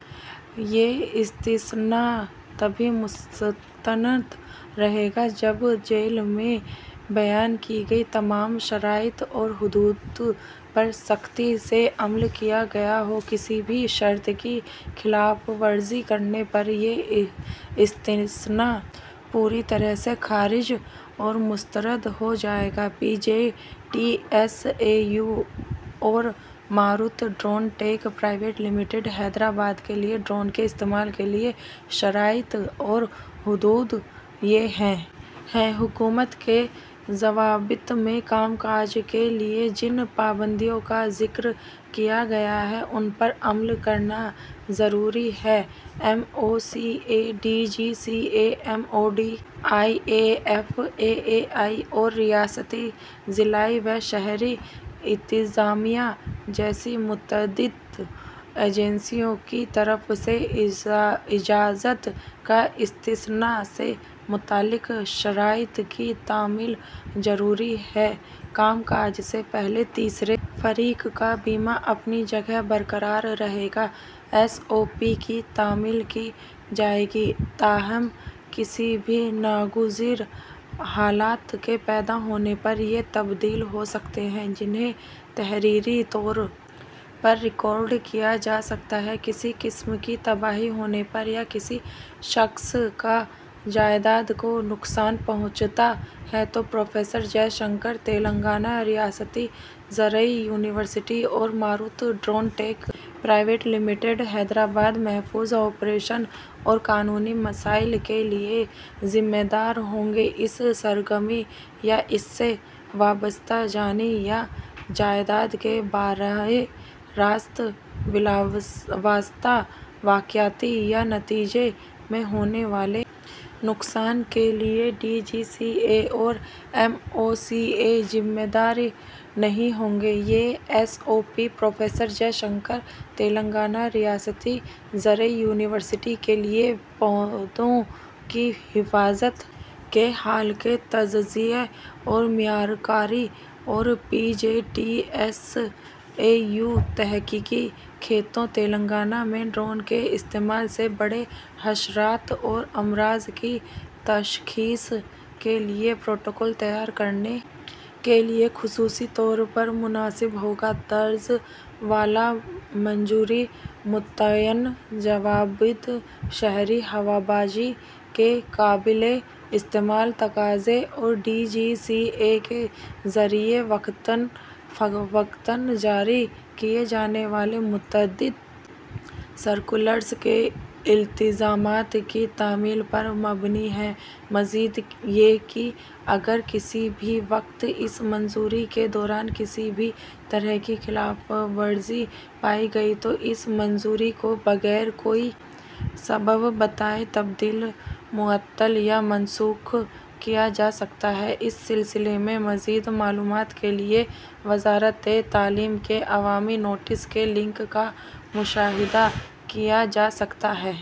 یہ استثنیٰ تبھی مستند رہے گا جب ذیل میں بیان کی گئی تمام شرائط اور حدود پر سختی سے عمل کیا گیا ہو کسی بھی شرط کی خلاف ورزی کرنے پر یہ استثنیٰ پوری طرح سے خارج اور مسترد ہو جائے گا P J T S A U اور Marut drone tech private limited Hyderabad کے لیے ڈرون کے استعمال کے لیے شرائط اور حدود یہ ہیں حکومت کے ضابطوں میں کام کاج کے لیے جن پابندیوں کا ذکر کیا گیا ہے ان پر عمل کرنا ضروری ہے M O C A D G C A M O D I A F A A I اور ریاستی ضلعی و شہری انتظامیہ جیسی متعدد ایجنسیوں کی طرف سے اجازت یا استثنیٰ سے متعلق شرائط کی تعمیل ضروری ہے کام کاج سے پہلے تیسرے فریق کا بیمہ اپنی جگہ برقرار رہے گا ایس او پی کی تعمیل کی جائے گی تاہم کسی بھی ناگزیر حالات کے پیدا ہونے پر یہ تبدیل ہو سکتے ہیں جنہیں تحریری طور پر ریکارڈ کیا جا سکتا ہے کسی قسم کی تباہی ہونے پر یا کسی شخص یا جائیداد کو نقصان پہنچتا ہے تو پروفیسر جے شنکر تلنگانہ ریاستی زرعی یونیورسٹی اور Marut drone tech private limited Hyderabad محفوظ آپریشن اور قانونی مسائل کے لیے ذمہ دار ہوں گے اس سرگرمی یا اس سے وابستہ جانی یا جائیداد کے براہ راست بالواسطہ واقعاتی یا نتیجے میں ہونے والے نقصان کے لیے ڈی جی سی اے اور ایم او سی اے ذمہ دار نہیں ہوں گے یہ S O P professor J Shankar Telangana ریاستی زرعی یونیورسٹی کے لیے پودوں کی حفاظت کے حل کے تجزیے اور معیار کاری اور P J T S A U تحقیقی کھیتوں تلنگانہ میں ڈرون کے استعمال سے بڑے حشرات اور امراض کی تشخیص کے لیے پروٹوکول تیار کرنے کے لیے خصوصی طور پر موزوں ہو گا درج بالا منظوری متعینہ ضوابط شہری ہوابازی کے قابل اطلاق تقاضے اور ڈی جی سی اے کے ذریعہ وقتاً فوقتاً جاری کیے جانے والے متعدد سرکلرز کے التزامات کی تعمیل پر مبنی ہے مزید یہ کہ اگر کسی بھی وقت اس منظوری کے دوران کسی بھی طرح کی خلاف ورزی پائی گئی تو اس منظوری کو بغیر کوئی سبب بتائے تبدیل معطل یا منسوخ کیا جا سکتا ہے اس سلسلے میں مزید معلومات کے لیے وزارتِ تعلیم کے عوامی نوٹس کے لنک کا مشاہدہ کیا جا سکتا ہے